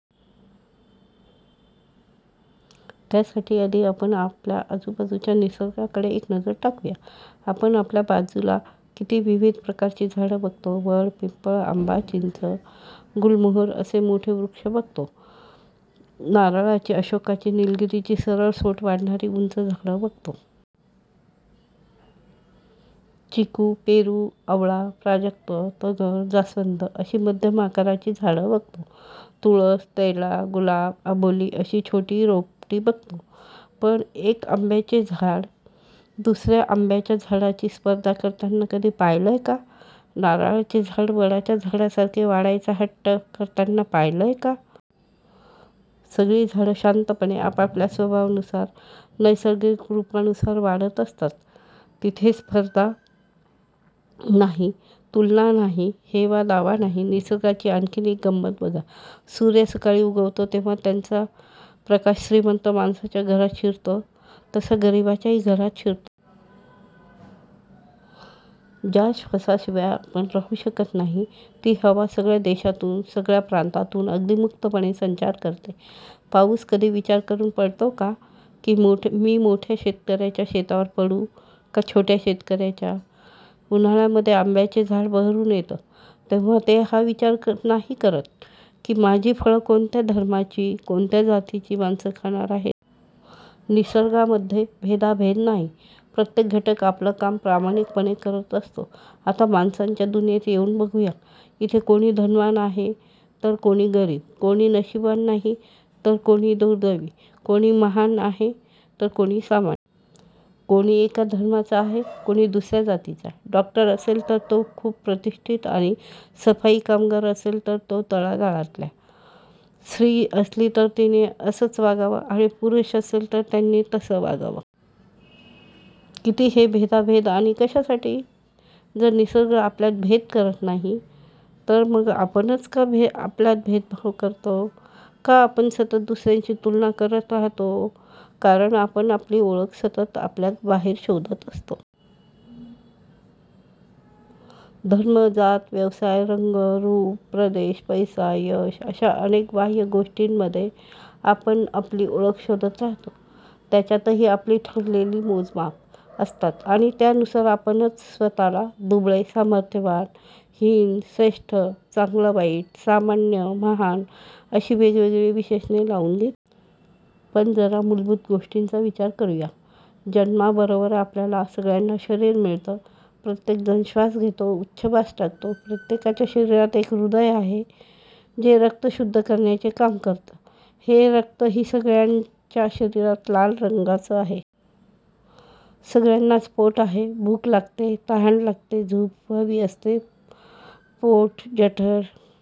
त्यासाठी आधी आपण आपल्या आजूबाजूच्या निसर्गाकडे एक नजर टाकूया. आपण आपल्या बाजूला किती विविध प्रकारची झाडं बघतो. वड, पिंपळ, आंबा, चिंच, गुलमोहर असे मोठे वृक्ष बघतो. नारळाची, अशोकाची, निलगिरीची सरळसोट वाढणारी उंच झाडं बघतो. चिकू, पेरू, आवळा, प्राजक्त, तगर, जास्वंद अशी मध्यम आकाराची झाडं बघतो. तुळस, तेरडा, गुलाब, अबोली अशी छोटी रोपटी बघतो. पण एक आंब्याचे झाड दुसऱ्या आंब्याच्या झाडाची स्पर्धा करताना कधी पाहिलंय का? नारळाचे झाड वडाच्या झाडासारखे वाढायचा हट्ट करताना पाहिलंय का? सगळी झाडं शांतपणे आपापल्या स्वभावानुसार नैसर्गिक रूपानुसार वाढत असतात. तिथे स्पर्धा नाही. तुलना नाही. हेवा दावा नाही. निसर्गाची आणखीन एक गंमत बघा. सूर्य सकाळी उगवतो तेव्हा त्याचा प्रकाश श्रीमंत माणसाच्या घरात शिरतो तसा गरिबाच्या ही घरात शिरतो. ज्या श्वासाशिवाय आपण राहू शकत नाही ती हवा सगळ्या देशातून सगळ्या प्रांतातून अगदी मुक्तपणे संचार करते. पाऊस कधी विचार करून पडतो का की मी मोठ्या शेतकऱ्याच्या शेतावर पडू का छोट्या शेतकऱ्याच्या? उन्हाळ्यामध्ये आंब्याचे झाड बहरून येतं तेव्हा ते हा विचार नाही करत की माझी फळं कोणत्या धर्माची कोणत्या जातीची माणसं खाणार आहेत. निसर्गामध्ये भेदाभेद नाही प्रत्येक घटक आपलं काम प्रामाणिकपणे करत असतो. आता माणसांच्या दुनियेत येऊन बघू या. इथे कोणी धनवान आहे तर कोणी गरीब. कोणी नशीबवान नाही तर कोणी दुर्दैवी. कोणी महान आहे तर कोणी सामान्य. कोणी एका धर्माचा आहे कोणी दुसऱ्या जातीचा आहे. डॉक्टर असेल तर तो खुप प्रतिष्ठित आणि सफाई कामगार असेल तर तो तळागाळातला. स्त्री असली तर तिने असंच वागावं आणि पुरुष असेल तर त्यांनी तसं वागावं. किती हे भेदाभेद आणि कशासाठी? जर निसर्ग आपल्यात भेद करत नाही तर मग आपणच का आपल्यात भेदभाव करतो? का आपण सतत दुसऱ्यांशी तुलना करत राहतो? कारण आपण आपली ओळख सतत आपल्या बाहेर शोधत असतो. धर्म, जात, व्यवसाय, रंग, रूप, प्रदेश, पैसा, यश अशा अनेक बाह्य गोष्टींमध्ये आपण आपली ओळख शोधत राहतो. त्याच्यातही आपली ठरलेली मोजमाप असतात. आणि त्यानुसार आपणच स्वतःला दुबळे-सामर्थ्यवान, हीन-श्रेष्ठ, चांगलं-वाईट, सामान्य महान अशी वेगवेगळी विशेषणे लावून घेतो. पण जरा मूलभूत गोष्टींचा विचार करुया. जन्मा बरोबर आपल्या सगळ्यांना शरीर मिळत. प्रत्येक जण श्वास घेतो उच्छवास टाकतो. प्रत्येकाच्या शरीरात एक हृदय आहे जे रक्त शुद्ध करण्याचं काम करतं. हे रक्त ही सगळ्यांच्या शरीरात लाल रंगाच आहे. सगळ्यांनाच पोट आहे. भूक लागते. तहान लागते. झोप हवी असते. पोट, जठर,